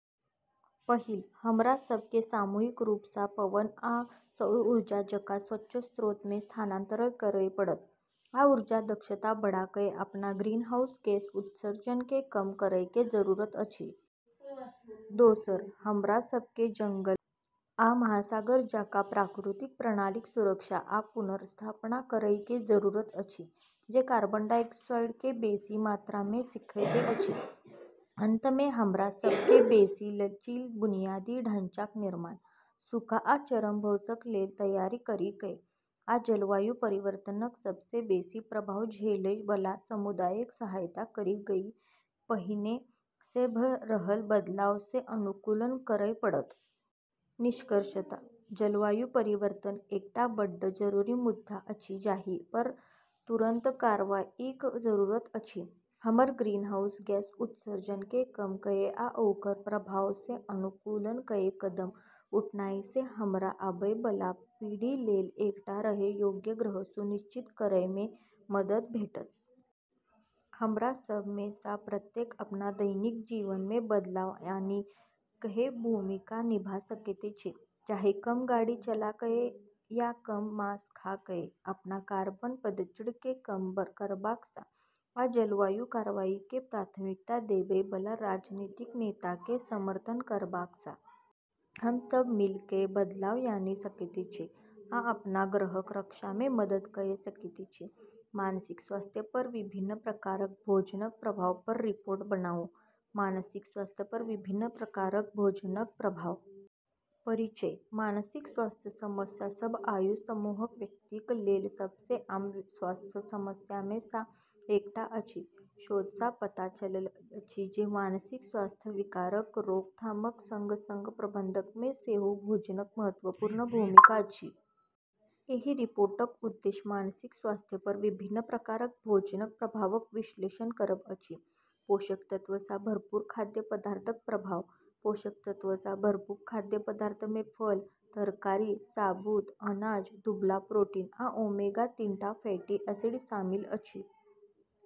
पहिल, हमरा सभ के सामूहिक रूप सँ पवन आ सौर ऊर्जा जकाँ स्वच्छ स्रोत मे स्थानांतरण करय पड़त, आ ऊर्जा दक्षता बढ़ा कए अपना ग्रीनहाउस गैस उत्सर्जन के कम करय के जरूरत अछि। दोसर, हमरा सभ के जंगल आ महासागर जकाँ प्राकृतिक प्रणालीक सुरक्षा आ पुनर्स्थापना करय के जरूरत अछि, जे कार्बन डाइऑक्साइड के बेसी मात्रा मे सोखैत अछि। अंत मे, हमरा सभ के बेसी लचील बुनियादी ढांचाक निर्माण, सूखा आ चरम मौसम लेल तैयारी करी कए, आ जलवायु परिवर्तनक सबसँ बेसी प्रभाव झेलय बला समुदायक सहायता करी कए पहिने सँ भ रहल बदलाव सँ अनुकूलन करय पड़त। निष्कर्षतः जलवायु परिवर्तन एकटा बड्ड जरूरी मुद्दा अछि जाहि पर तुरंत कार्रवाईक जरूरत अछि। हमर ग्रीनहाउस गैस उत्सर्जन के कम कए आ ओकर प्रभाव सँ अनुकूलन कए कदम उठेनाइ सँ हमरा आबय बला पीढ़ी लेल एकटा रहय योग्य ग्रह सुनिश्चित करय मे मदद भेटत। हमरा सभ मे सँ प्रत्येक अपना दैनिक जीवन मे बदलाव आनि कए भूमिका निभा सकैत छी, चाहे कम गाड़ी चला कए या कम मांस खा कए अपना कार्बन पदचिह्न के कम करबाक सँ, या जलवायु कार्रवाई के प्राथमिकता देबय बला राजनीतिक नेता के समर्थन करबाक सँ। हम सभ मिल कए बदलाव आनि सकैत छी आ अपना ग्रहक रक्षा मे मदद कए सकैत छी। मानसिक स्वास्थ्य पर विभिन्न प्रकारक भोजनक प्रभाव पर रिपोर्ट बनाउ। मानसिक स्वास्थ्य पर विभिन्न प्रकारक भोजनक प्रभाव। परिचय: मानसिक स्वास्थ्य समस्या सभ आयु समूहक व्यक्तिक लेल सबसँ आम स्वास्थ्य समस्या मे सँ एकटा अछि। शोध सँ पता चलल अछि जे मानसिक स्वास्थ्य विकारक रोकथामक संग-संग प्रबंधन मे सेहो भोजनक महत्वपूर्ण भूमिका अछि। एहि रिपोर्टक उद्देश्य मानसिक स्वास्थ्य पर विभिन्न प्रकारक भोजनक प्रभावक विश्लेषण करब अछि। पोषक तत्व सँ भरपूर खाद्य पदार्थक प्रभाव: पोषक तत्व सँ भरपूर खाद्य पदार्थ मे फल, तरकारी, साबुत अनाज, दुबला प्रोटीन, आ ओमेगा-तिनटा फैटी एसिड शामिल अछि।